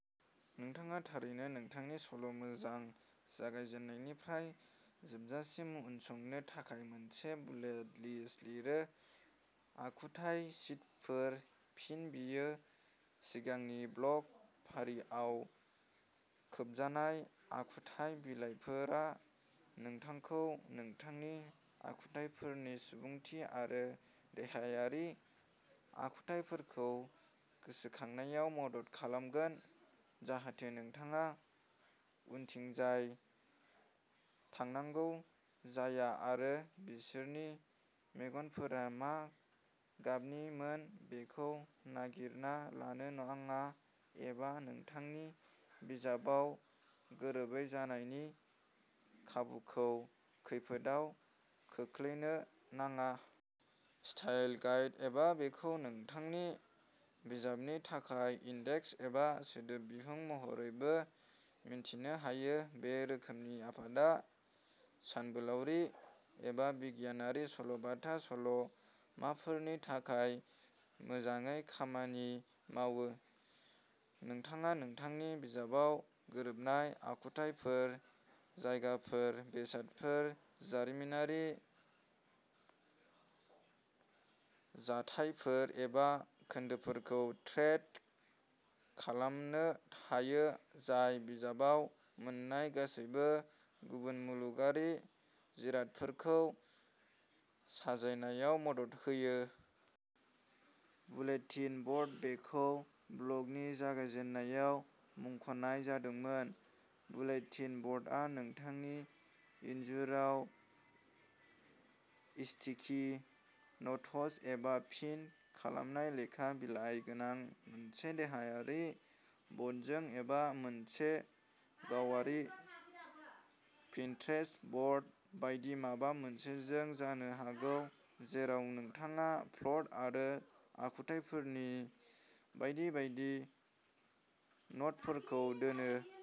नोंथाङा थारैनो नोंथांनि सल'माजों जागायजेन्नायनिफ्राय जोबजासिम उनसंनो थाखाय मोनसे बुलेट लिस्ट लिरो। आखुथाइ शीटफोर-फिन, बेयो। सिगांनि ब्लग फारिआव खोबजानाय। आखुथाइ बिलाइफोरा नोंथांखौ नोंथांनि आखुथाइफोरनि सुबुंथि आरो देहायारि आखुथायफोरखौ गोसोखांनायाव मदद खालामगोन जाहाथे नोंथाङा उनथिंजाय थांनांगौ जाया आरो बिसोरनि मेगनफोरा मा गाबनिमोन बेखौ नागिरना लानो नाङा एबा नोंथांनि बिजाबाव गोरोबै जानायनि खाबुखौ खैफोदआव खोख्लैनो नाङा। स्टाइल गाइड-एबा बेखौ नोंथांनि बिजाबनि थाखाय इन्डेक्स एबा सोदोब बिहुं महरैबो मिन्थिनो हायो। बे रोखोमनि आफादा सानबोलावरि एबा बिगियानारि सल'बाथा सल'माफोरनि थाखाय मोजाङै खामानि मावो। नोंथाङा नोंथांनि बिजाबाव गोरोबनाय आखुथायफोर, जायगाफोर, बेसादफोर, जारिमिनारि जाथायफोर एबा खोन्दोफोरखौ ट्रेक खालामनो हायो जाय बिजाबाव मोन्नाय गासैबो गुबुन मुलुगारि जिरादफोरखौ साजायनायाव मदद होयो। बुलेटिन बर्ड-बेखौ ब्लगनि जागायजेन्नायाव मुंख'नाय जादोंमोन। बुलेटिन बर्डआ नोंथांनि इनजुराव स्टिकि न'ट्स एबा पिन खालामनाय लेखा बिलाइ गोनां मोनसे देहायारि बर्डजों एबा मोनसे गावारि पिनट्रेस्ट बर्ड बायदि माबा मोनसेजों जानो हागौ जेराव नोंथाङा प्लट आरो आखुथाइफोरनि बायदि बायदि न'टफोरखौ दोनो।